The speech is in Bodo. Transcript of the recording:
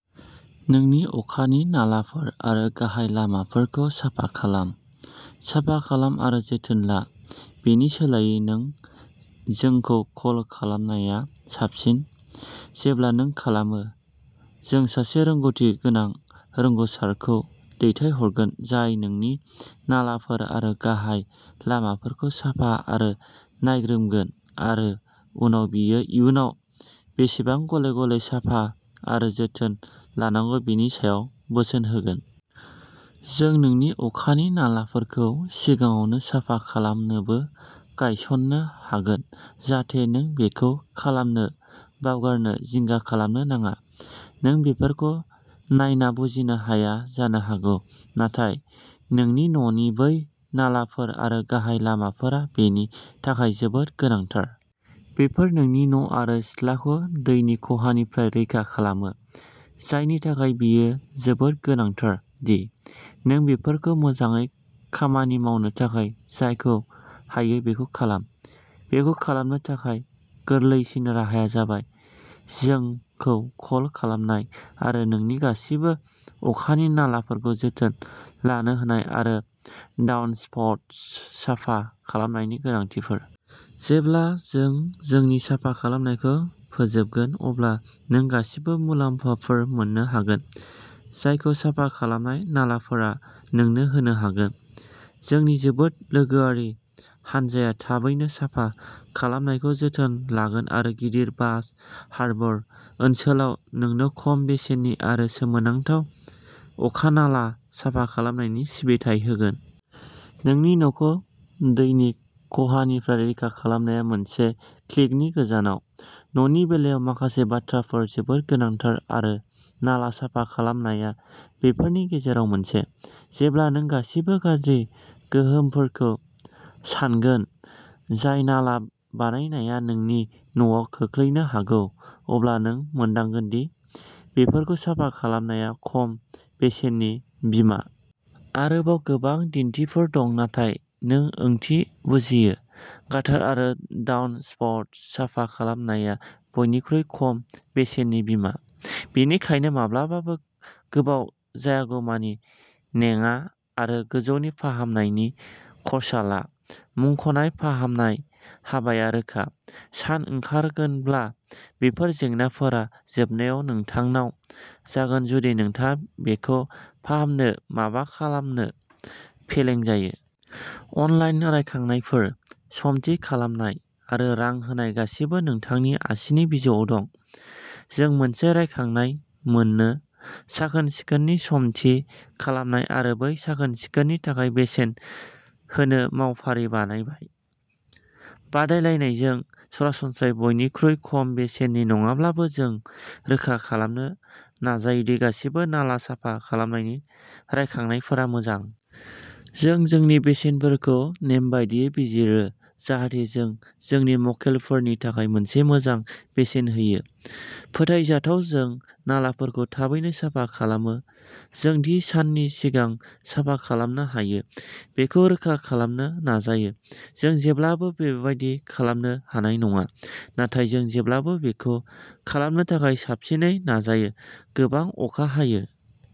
नोंनि अखानि नालाफोर आरो गाहाय लामाफोरखौ साफा खालाम, साफा खालाम आरो जोथोन ला, बेनि सोलायै नों जोंखौ कल खालामनाया साबसिन। जेब्ला नों खालामो, जों सासे रोंग'थिगोनां रोंग'सारखौ दैथायहरगोन जाय नोंनि नालाफोर आरो गाहाय लामाफोरखौ साफा आरो नायग्रोमगोन, आरो उनाव बिसोर इयुनाव बेसेबां गले-गले साफा आरो जोथोन लानांगौ बेनि सायाव बोसोन होगोन। जों नोंनि अखानि नालाफोरखौ सिगाङावनो साफा खालामनोबो गायसननो हागोन जाहाथे नों बेखौ खालामनो बावगारनो जिंगा खालामनो नाङा। नों बेफोरखौ नायना बुजिनो हाया जानो हागौ, नाथाय नोंनि न'नि बै नालाफोर आरो गाहाय लामाफोरा बेनि थाखाय जोबोद गोनांथार। बेफोर नोंनि न'आरो सिथ्लाखौ दैनि खहानिफ्राय रैखा खालामो, जायनि थाखाय बेयो जोबोद गोनांथार दि नों बेफोरखौ मोजाङै खामानि मावनो थाखाय जायखौ हायो बेखौ खालाम। बेखौ खालामनो थाखाय गोरलैसिन राहाया जाबाय जोंखौ कल खालामनाय आरो नोंनि गासिबो अखानि नालाफोरखौ जोथोन लानो होनाय आरो डाउनस्पाउटस साफा खालामनायनि गोनांथिफोर। जेब्ला जों जोंनि साफा खालामनायखौ फोजोबगोन, अब्ला नों गासिबो मुलाम्फाफोर मोन्नो हागोन जायखौ साफा खालामनाय नालाफोरा नोंनो होनो हागोन। जोंनि जोबोद लोगोआरि हानजाया थाबैनो साफा खालामनायखौ जोथोन लागोन आरो गिदिर बास हार्बर ओनसोलाव नोंनो खम बेसेननि आरो सोमोनांथाव अखा नाला साफा खालामनायनि सिबिथाइ होगोन। नोंनि न'खौ दैनि खहानिफ्राय रैखा खालामनाया मोनसे क्लिकनि गोजानाव! न'नि बेलायाव माखासे बाथ्राफोर जोबोद गोनांथार आरो नाला साफा खालामनाया बेफोरनि गेजेराव मोनसे। जेब्ला नों गासिबो गाज्रि गोहोमफोरखौ सान्गोन जाय नाला बानायनाया नोंनि न'आव खोख्लैनो हागौ, अब्ला नों मोनदांगोन दि बेफोरखौ साफा खालामनाया खम बेसेननि बीमा। आरोबाव गोबां बिदिन्थिफोर दं नाथाय नों ओंथि बुजियो। गाटार आरो डाउनस्पाउट साफा खालामनाया बयनिख्रुइ खम बेसेननि बीमा, बेनिखायनो माब्लाबाबो गोबाव जायागौमानि नेङा आरो गोजौनि फाहामनायनि खर्सा ला। मुंख'नाय फाहामनाय हाबाया रोखा। सान ओंखारगोनब्ला, बेफोर जेंनाफोरा जोबनायाव नोंथांनाव जागोन जुदि नोंथाङा बेखौ फाहामनो माबा खालामनो फेलें जायो। अनलाइन रायखांनायफोर, सम थि खालामनाय, आरो रां होनाय-गासिबो नोंथांनि आसिनि बिजौआव दं। जों मोनसे रायखांनाय मोन्नो, साखोन-सिखोननि सम थि खालामनाय आरो बै साखोन-सिखोननि थाखाय बेसेन होनो मावफारि बानायबाय। बादायलायनाय-जों सरासनस्रायै बयनिख्रुइ खम बेसेननि नङाब्लाबो, जों रोखा खालामनो नाजायो दि गासिबो नाला साफा खालामनायनि रायखांनायफोरा मोजां। जों जोंनि बेसेनफोरखौ नेमबादियै बिजिरो जाहाथे जों जोंनि मक्केलफोरनि थाखाय मोनसे मोजां बेसेन होयो। फोथायजाथाव-जों नालाफोरखौ थाबैनो साफा खालामो। जों थि साननि सिगां साफा खालामनो हायो बेखौ रोखा खालामनो नाजायो। जों जेब्लाबो बेबादि खालामनो हानाय नङा, नाथाय जों जेब्लाबो बेखौ खालामनो थाखाय साबसिनै नाजायो। गोबां अखा हायो।